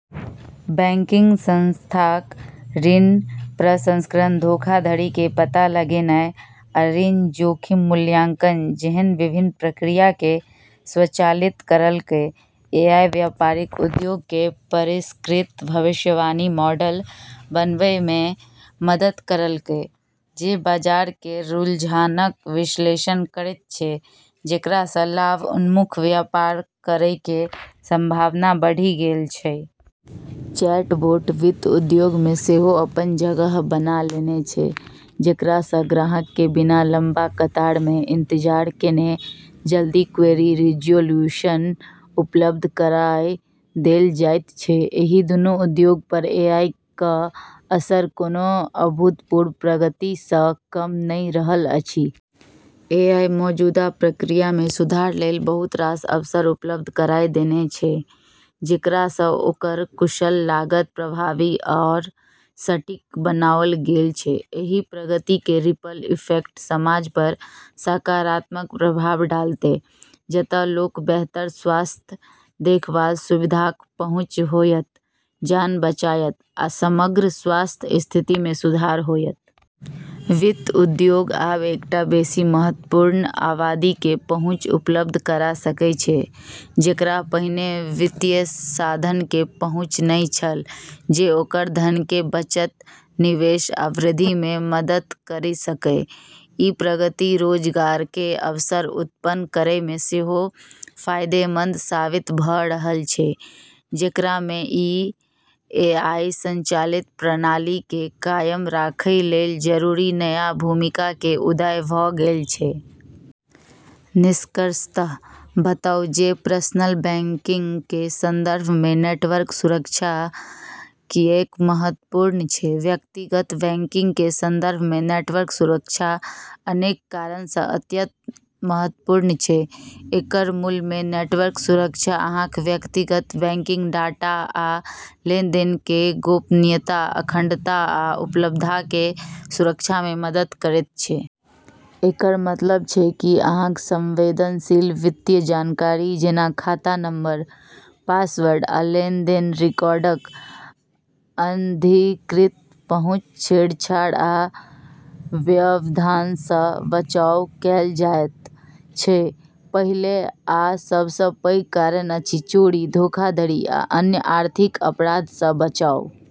Banking संस्थाक ऋण प्रसंस्करण, धोखाधड़ीकेँ पता लगेनाइ, आ ऋण जोखिम मूल्यांकन जेहन विभिन्न प्रक्रियाके स्वचालित करलकै । एआई व्यापारिक उद्योगकेँ परिष्कृत भविष्यवाणी मॉडल बनबैमे मदति करलकै जे बाजार केर रुझानक विश्लेषण करैत छै, जेकरासँ लाभ-उन्मुख व्यापार करैके संभावना बढ़ि गेल छै। चैटबोट वित्त उद्योगमे सेहो अपन जगह बना लेने छै, जेकरासँ ग्राहकके बिना लम्बा कतारमे इंतजार केने जल्दी क्वेरी रिजोल्यूशन उपलब्ध कराय देलऽ जाइत छै। एहि दूनू उद्योग पर एआई क' असर कोनो अभूतपूर्व प्रगति सँ कम नहि रहल अछि। एआई मौजूदा प्रक्रियामे सुधार लेल बहुत रास अवसर उपलब्ध कराइ देने छै, जेकरासँ ओकरा कुशल, लागत प्रभावी आओर सटीक बनाओल गेल छै। एहि प्रगतिके रिपल इफेक्ट समाज पर सकारात्मक प्रभाव डालतै, जत' लोकऽ बेहतर स्वास्थ्य देखभाल सुविधाक पहुंच होयत, जान बचायत, आ समग्र स्वास्थ्य स्थितिमे सुधार होयत । वित्त उद्योग आब एकटा बेसी महत्वपूर्ण आबादीके पहुँच उपलब्ध करा सकै छै जेकरा पहिने वित्तीय साधनके पहुंच नहि छल जे ओकर धनके बचत, निवेश आ वृद्धिमे मदति करि सकै । ई प्रगति रोजगारके अवसर उत्पन्न करैमे सेहो फाइदेमन्द साबित भ' रहल छै, जेकरामे ई एआई संचालित प्रणालीके कायम राखै लेल जरूरी नया भूमिकाके उदय भ' गेल छै। निष्कर्षतः, बताउ जे पर्सनल बैंकिंगकेँ संदर्भमे नेटवर्क सुरक्षा किएक महत्वपूर्ण छै व्यक्तिगत बैंकिंगकेँ संदर्भमे नेटवर्क सुरक्षा अनेक कारणसँ अत्यंत महत्वपूर्ण छै । एकर मूलमे, नेटवर्क सुरक्षा अहाँक व्यक्तिगत बैंकिंग डाटा आ लेनदेनके गोपनीयता, अखंडता आ उपलब्धताके सुरक्षामे मदद करैत छै । एकर मतलब छै कि अहाँक संवेदनशील वित्तीय जानकारी, जेना खाता नंबर, पासवर्ड, आ लेनदेन रिकॉर्डक अनधिकृत पहुंच, छेड़छाड़ आ व्यवधानसँ बचाव कैल जायत छै । पहिल आ सबसँ पैघ कारण अछि चोरी, धोखाधड़ी आ अन्य आर्थिक अपराधसँ बचाव।